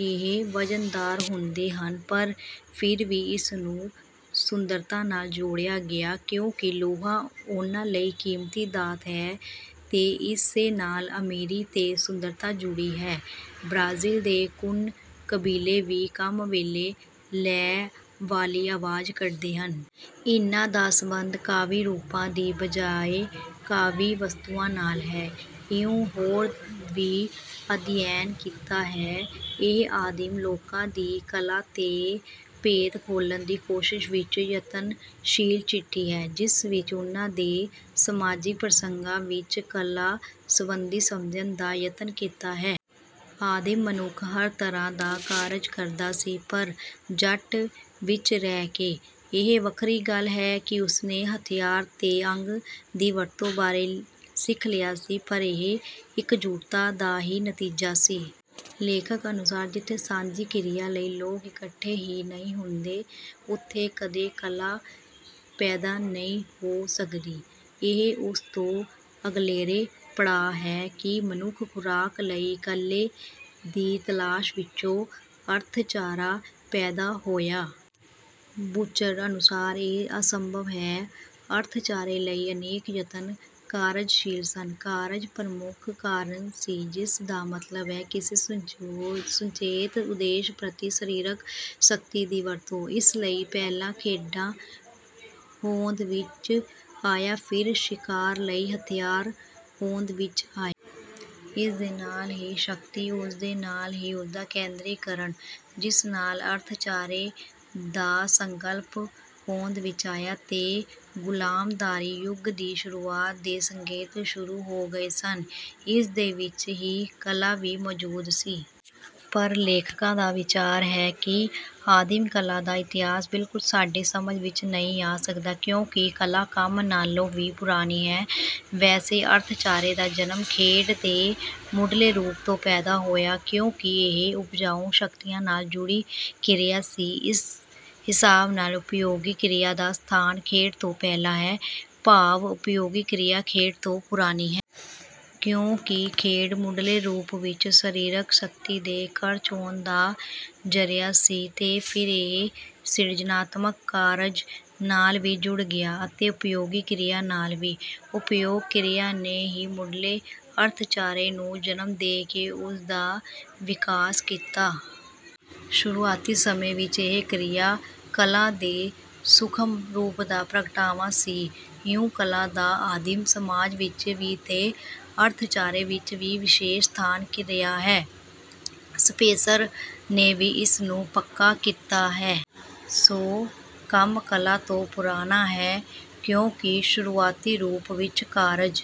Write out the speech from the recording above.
ਇਹ ਵਜ਼ਨਦਾਰ ਹੁੰਦੇ ਹਨ ਪਰ ਫਿਰ ਵੀ ਇਸ ਨੂੰ ਸੁੰਦਰਤਾ ਨਾਲ ਜੋੜਿਆ ਗਿਆ ਕਿਉਂਕਿ ਲੋਹਾ ਉਹਨਾਂ ਲਈ ਕੀਮਤੀ ਧਾਤ ਹੈ ਤੇ ਇਸੇ ਨਾਲ ਅਮੀਰੀ ਤੇ ਸੁੰਦਰਤਾ ਜੁੜੀ ਹੈ। ਬ੍ਰਾਜ਼ੀਲ ਦੇ ਕੁਣ ਕਬੀਲੇ ਵੀ ਕੰਮ ਵੇਲੇ ਲੈਅਵਾਲੀ ਆਵਾਜ਼ ਕੱਢਦੇ ਹਨ। ਇਹਨਾਂ ਦਾ ਸੰਬੰਧ ਕਾਵਿ ਰੂਪਾਂ ਦੀ ਬਜਾਏ ਕਾਵਿ ਵਸਤੂਆਂ ਨਾਲ ਹੈ। ਇਉਂ ਹੋਰ ਵੀ ਅਧਿਐਨ ਕੀਤਾ ਹੈ। ਇਹ ਆਦਿਮ ਲੋਕਾਂ ਦੀ ਕਲਾ ਦੇ ਭੇਤ ਖੋਲਣ ਦੀ ਕੋਸ਼ਿਸ਼ ਵਿੱਚ ਯਤਨਸ਼ੀਲ ਚਿੱਠੀ ਹੈ। ਜਿਸ ਵਿੱਚ ਉਹਨਾਂ ਦੇ ਸਮਾਜਿਕ ਪ੍ਰਸੰਗਾਂ ਵਿੱਚ ਕਲਾ ਸੰਬੰਧੀ ਸਮਝਣ ਦਾ ਯਤਨ ਕੀਤਾ ਹੈ। ਆਦਿਮ ਮਨੁੱਖ ਹਰ ਤਰ੍ਹਾਂ ਦਾ ਕਾਰਜ ਕਰਦਾ ਸੀ ਪਰ ਜੱਟ ਵਿੱਚ ਰਹਿ ਕੇ। ਇਹ ਵੱਖਰੀ ਗੱਲ ਹੈ ਕਿ ਉਸਨੇ ਹਥਿਆਰ ਤੇ ਅੱਗ ਦੀ ਵਰਤੋਂ ਬਾਰੇ ਸਿੱਖ ਲਿਆ ਸੀ ਪਰ ਇਹ ਇਕਜੁੱਟਤਾ ਦਾ ਹੀ ਨਤੀਜਾ ਸੀ। ਲੇਖਕ ਅਨੁਸਾਰ ਜਿੱਥੇ ਸਾਂਝੀ ਕਿਰਿਆ ਲਈ ਲੋਕ ਇਕੱਠੇ ਹੀ ਨਹੀਂ ਹੁੰਦੇ ਉੱਥੇ ਕਦੇ ਕਲਾ ਪੈਦਾ ਨਹੀਂ ਹੋ ਸਕਦੀ। ਇਹ ਉਸ ਤੋਂ ਅਗਲੇਰੇ ਪੜਾਅ ਹੈ ਕਿ ਮਨੁੱਖ ਖੁਰਾਕ ਲਈ ਇਕੱਲੇ ਦੀ ਤਲਾਸ਼ ਵਿੱਚੋਂ ਅਰਥਚਾਰਾ ਪੈਦਾ ਹੋਇਆ। ਬੂਚਰ ਅਨੁਸਾਰ ਇਹ ਅਸੰਭਵ ਹੈ। ਅਰਥਚਾਰੇ ਲਈ ਅਨੇਕਾਂ ਯਤਨ ਕਾਰਜਸ਼ੀਲ ਸਨ। ਕਾਰਜ ਪ੍ਰਮੁੱਖ ਕਾਰਨ ਸੀ ਜਿਸ ਦਾ ਮਤਲਬ ਹੈ ਕਿਸੇ ਸੁਚੇਤ ਉਦੇਸ਼ ਪ੍ਰਤੀ ਸਰੀਰਕ ਸ਼ਕਤੀ ਦੀ ਵਰਤੋਂ। ਇਸ ਲਈ ਪਹਿਲਾਂ ਖੇਡਾਂ ਹੋਂਦ ਵਿੱਚ ਆਈਆਂ ਫਿਰ ਸ਼ਿਕਾਰ ਲਈ ਹਥਿਆਰ ਹੋਂਦ ਵਿੱਚ ਆਏ। ਇਸ ਦੇ ਨਾਲ ਹੀ ਸ਼ਕਤੀ ਉਸਦੇ ਨਾਲ ਹੀ ਉਸਦਾ ਕੇਂਦਰੀਕਰਨ ਜਿਸ ਨਾਲ ਅਰਥਚਾਰੇ ਦਾ ਸੰਕਲਪ ਹੋਂਦ ਵਿੱਚ ਆਇਆ ਤੇ ਗੁਲਾਮਦਾਰੀ ਯੁੱਗ ਦੀ ਸ਼ੁਰੂਆਤ ਦੇ ਸੰਕੇਤ ਸ਼ੁਰੂ ਹੋ ਗਏ ਸਨ। ਇਸ ਦੇ ਵਿੱਚ ਹੀ ਕਲਾ ਵੀ ਮੌਜੂਦ ਸੀ। ਪਰ ਲੇਖਕ ਦਾ ਵਿਚਾਰ ਹੈ ਕਿ ਆਦਿਮ ਕਲਾ ਦਾ ਇਤਿਹਾਸ ਬਿਲਕੁਲ ਸਾਡੇ ਸਮਝ ਵਿੱਚ ਨਹੀਂ ਆ ਸਕਦਾ ਕਿਉਂਕਿ ਕਲਾ ਕੰਮ ਨਾਲੋਂ ਵੀ ਪੁਰਾਣੀ ਹੈ। ਵੈਸੇ ਅਰਥਚਾਰੇ ਦਾ ਜਨਮ ਖੇਡ ਦੇ ਮੁੱਢਲੇ ਰੂਪ ਤੋਂ ਪੈਦਾ ਹੋਇਆ ਕਿਉਂਕਿ ਇਹ ਉਪਜਾਊ ਸ਼ਕਤੀਆਂ ਨਾਲ ਜੁੜੀ ਕਿਰਿਆ ਸੀ ਇਸ ਹਿਸਾਬ ਨਾਲ ਉਪਯੋਗੀ ਕਿਰਿਆ ਦਾ ਸਥਾਨ ਖੇਡ ਤੋਂ ਪਹਿਲਾ ਹੈ ਭਾਵ ਉਪਯੋਗੀ ਕਿਰਿਆ ਖੇਡ ਤੋਂ ਪੁਰਾਣੀ ਹੈ। ਕਿਉਂਕਿ ਖੇਡ ਮੁੱਢਲੇ ਰੂਪ ਵਿੱਚ ਸਰੀਰਕ ਸ਼ਕਤੀ ਦੇ ਖਰਚ ਹੋਣ ਦਾ ਜ਼ਰੀਆ ਸੀ ਤੇ ਫਿਰ ਇਹ ਸਿਰਜਨਾਤਮਕ ਕਾਰਜ ਨਾਲ ਵੀ ਜੁੜ ਗਿਆ ਅਤੇ ਉਪਯੋਗੀ ਕਿਰਿਆ ਨਾਲ ਵੀ। ਉਪਯੋਗ ਕਿਰਿਆ ਨੇ ਹੀ ਮੁੱਢਲੇ ਅਰਥਚਾਰੇ ਨੂੰ ਜਨਮ ਦੇ ਕੇ ਉਸ ਦਾ ਵਿਕਾਸ ਕੀਤਾ। ਸ਼ੁਰੂਆਤੀ ਸਮੇਂ ਵਿੱਚ ਇਹ ਕਿਰਿਆ ਕਲਾ ਦੇ ਸੂਖਮ ਰੂਪ ਦਾ ਪ੍ਰਗਟਾਵਾ ਸੀ ਇਉਂ ਕਲਾ ਦਾ ਆਦਿਮ ਸਮਾਜ ਵਿੱਚ ਵੀ ਤੇ ਅਰਥਚਾਰੇ ਵਿੱਚ ਵੀ ਵਿਸ਼ੇਸ਼ ਸਥਾਨ ਰਿਹਾ ਹੈ। ਸਪੈਂਸਰ ਨੇ ਵੀ ਇਸ ਨੂੰ ਪੱਕਾ ਕੀਤਾ ਹੈ। ਸੋ ਕੰਮ ਕਲਾ ਤੋਂ ਪੁਰਾਣਾ ਹੈ ਕਿਉਂਕਿ ਸ਼ੁਰੂਆਤੀ ਰੂਪ ਵਿੱਚ ਕਾਰਜ।